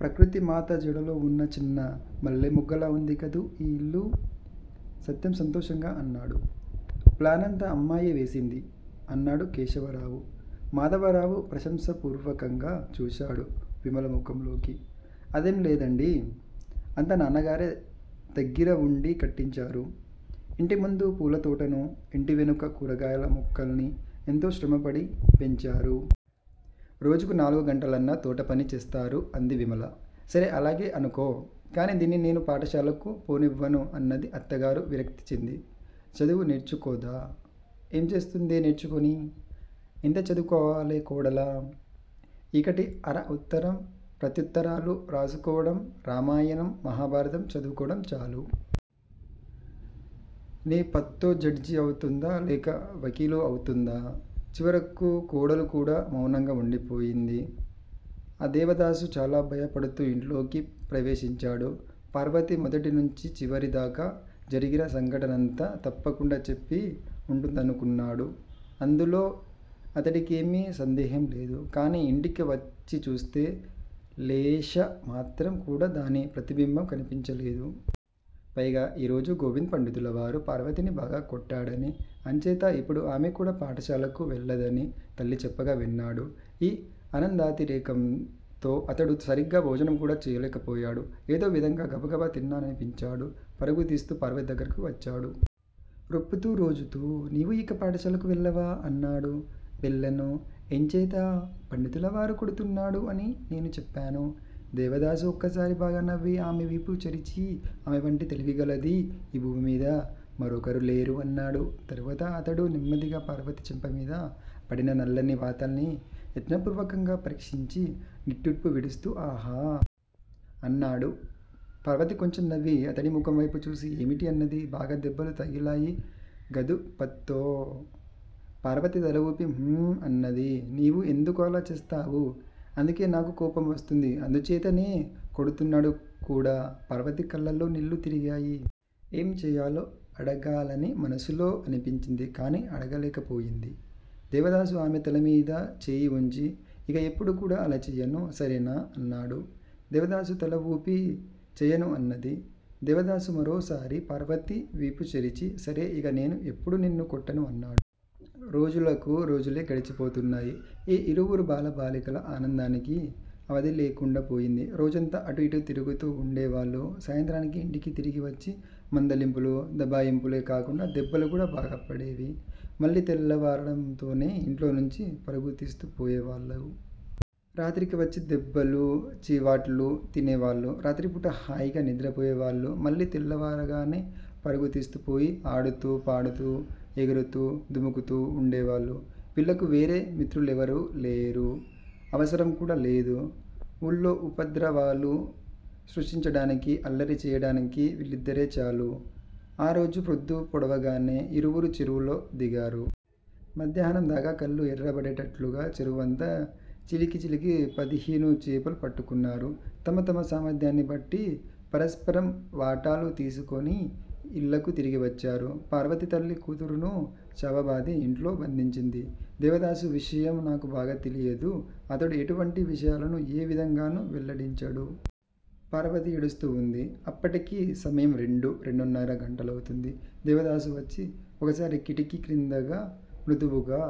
ప్రకృతిమాత జడలోవున్న చిన్న మల్లెమొగ్గలా ఉంది కదూ ఈ ఇల్లు? సత్యం సంతోషంగా అన్నాడు. ప్లానంతా అమ్మాయే వేసింది! అన్నాడు కేశవరావు. మాధవరావు ప్రశంసాపూర్వకంగా చూశాడు విమల ముఖంలోకి. అదేం లేదండీ! అంతా నాన్నగారే దగ్గిరవుండి కట్టించారు. ఇంటి ముందు పూలతోటనూ, ఇంటి వెనుక కూరగాయల మొక్కల్నీ ఎంతో శ్రమపడి పెంచారు. రోజుకు నాలుగు గంటలన్నా తోటపని చేస్తారు అంది విమల. సరే అలాగే అనుకో. కాని దీన్ని నేను పాఠశాలకు పోనివ్వను అన్నది అత్తగారు విరక్తి చెంది. చదువు నేర్చుకోదా? ఏం చేస్తుందే నేర్చుకొని? ఎంత చదువుకోవాలే కోడలా? ఇకటీ అరా ఉత్తరం ప్రత్యుత్తరాలు రాసుకోవడం, రామాయణం, మహాభారతం చదువుకోవడం చాలు! నీ పత్తో జడ్జీ అవుతుందా లేక వకీలు అవుతుందా? చివరకు కోడలు కూడా మౌనంగా వుండిపోయింది. ఆ దేవదాసు చాలా భయపడుతూ ఇంట్లోకి ప్రవేశించాడు. పార్వతి మొదటి నుంచి చివరి దాకా జరిగిన సంఘటనంతా తప్పకుండా చెప్పి వుంటుందనుకున్నాడు. అందులో అతడికేమీ సందేహంలేదు. కాని ఇంటికి వచ్చిచూస్తే లేశ మాత్రం కూడా దాని ప్రతిబింబం కనిపించలేదు. పైగా ఈ రోజు గోవింద్ పండితులవారు పార్వతిని బాగా కొట్టాడనీ అంచేత ఇప్పుడు ఆమె కూడా పాఠశాలకు వెళ్ళదనీ తల్లి చెప్పగా విన్నాడు. ఈ ఆనందాతి రేకంతో అతడు సరీగా భోజనం కూడా చేయలేకపోయాడు. ఏదో విధంగా గబగబా తిన్నాననిపించాడు. పరుగుతీస్తూ పార్వతి దగ్గరకు వచ్చాడు. రొప్పుతూ, రోజుతూ నీవు ఇక పాఠశాలకు వెళ్ళవా? అన్నాడు. వెళ్ళను! ఎంచేత? పండితులవారు కొడుతున్నాడు అని నేను చెప్పాను. దేవదాసు ఒక్కసారి బాగా నవ్వి, ఆమె వీపు చరిచి ఆమె వంటి తెలివిగలది ఈ భూమిమీద మరొకరులేరు అన్నాడు. తరువాత అతడు నెమ్మదిగా పార్వతి చెంపమీద పడిన నల్లని వాతల్ని యత్నపూర్వకంగా పరీక్షించి నిట్టూర్పు విడుస్తూ ఆహా! అన్నాడు. పార్వతి కొంచెం నవ్వి అతడి ముఖం వైపు చూసి ఏమిటీ అన్నది. బాగా దెబ్బలు తగిలాయి గదూ పత్తో? పార్వతి తలవూపి ఊఁ అన్నది. నీవు యెందుకు అలా చేస్తావు? అందుకే నాకు కోపం వస్తుంది. అందుచేతనే కొడుతున్నాను కూడా. పార్వతి కళ్ళల్లో నీళ్ళు తిరిగాయి. ఏం చేయాలో అడగాలని మనసులో అనిపించింది. కాని అడగలేకపోయింది. దేవదాసు ఆమె తలమీద చేయి ఉంచి ఇక ఎప్పుడూ కూడా అలా చేయకు, సరేనా? అన్నాడు. దేవదాసు తలవూపి చేయను అన్నది. దేవదాసు మరోసారి పార్వతి వీపుచరిచి, సరే ఇక నేను ఎన్నడూ నిన్ను కొట్టను అన్నాడు. రోజులకు రోజులే గడిచిపోతున్నాయి. ఈ ఇరువురు బాల బాలికల ఆనందానికి అవధిలేకుండా పోయింది. రోజంతా అటూ ఇటూ తిరుగుతూ వుండేవాళ్ళు. సాయంత్రానికి ఇంటికి తిరిగి వచ్చి మందలింపులూ, దబాయింపులే కాకుండా దెబ్బలు కూడా బాగా పడేవి. మళ్ళీ తెల్లవారడంతోనే ఇంట్లో నుంచి పరుగుతీస్తూ పోయే వాళ్ళు. రాత్రికి వచ్చి దెబ్బలూ, చీవాట్లూ తినేవాళ్ళు. రాత్రిపూట హాయిగా నిద్రపోయేవాళ్ళు. మళ్ళీ తెల్లవారగానే పరుగుతీస్తూ పోయి ఆడుతూ, పాడుతూ, ఎగురుతూ, దుముకుతూ ఉండేవాళ్ళు. వీళ్ళకు వేరే మిత్రులెవరూలేరు. అవసరం కూడా లేదు. ఊళ్ళో ఉపద్రవాలు సృష్టించడానికీ, అల్లరి చేయడానికీ వీళ్ళిద్దరే చాలు. ఆ రోజు ప్రొద్దు పొడవగానే ఇరువురూ చెరువులో దిగారు. మధ్యాహ్నందాకా కళ్ళు ఎర్రబడేటట్లుగా చెరువంతా చిలికి చిలికి పదిహేను చేపలు పట్టుకున్నారు. తమ తమ సామర్ధ్యాన్ని బట్టి పరస్పరం వాటాలు తీసికొని ఇళ్ళకు తిరిగి వచ్చారు. పార్వతి తల్లి కూతురును చావబాది ఇంట్లో బంధించింది. దేవదాసు విషయం నాకు బాగా తెలియదు. అతడు ఇటువంటి విషయాలను ఏ విధంగానూ వెల్లడించడు. పార్వతి ఏడుస్తూ వుంది. అప్పటికి సమయం రెండూ, రెండున్నర గంటలవుతుంది. దేవదాసు వచ్చి ఒకసారి కిటికీ క్రిందగా మృదువుగా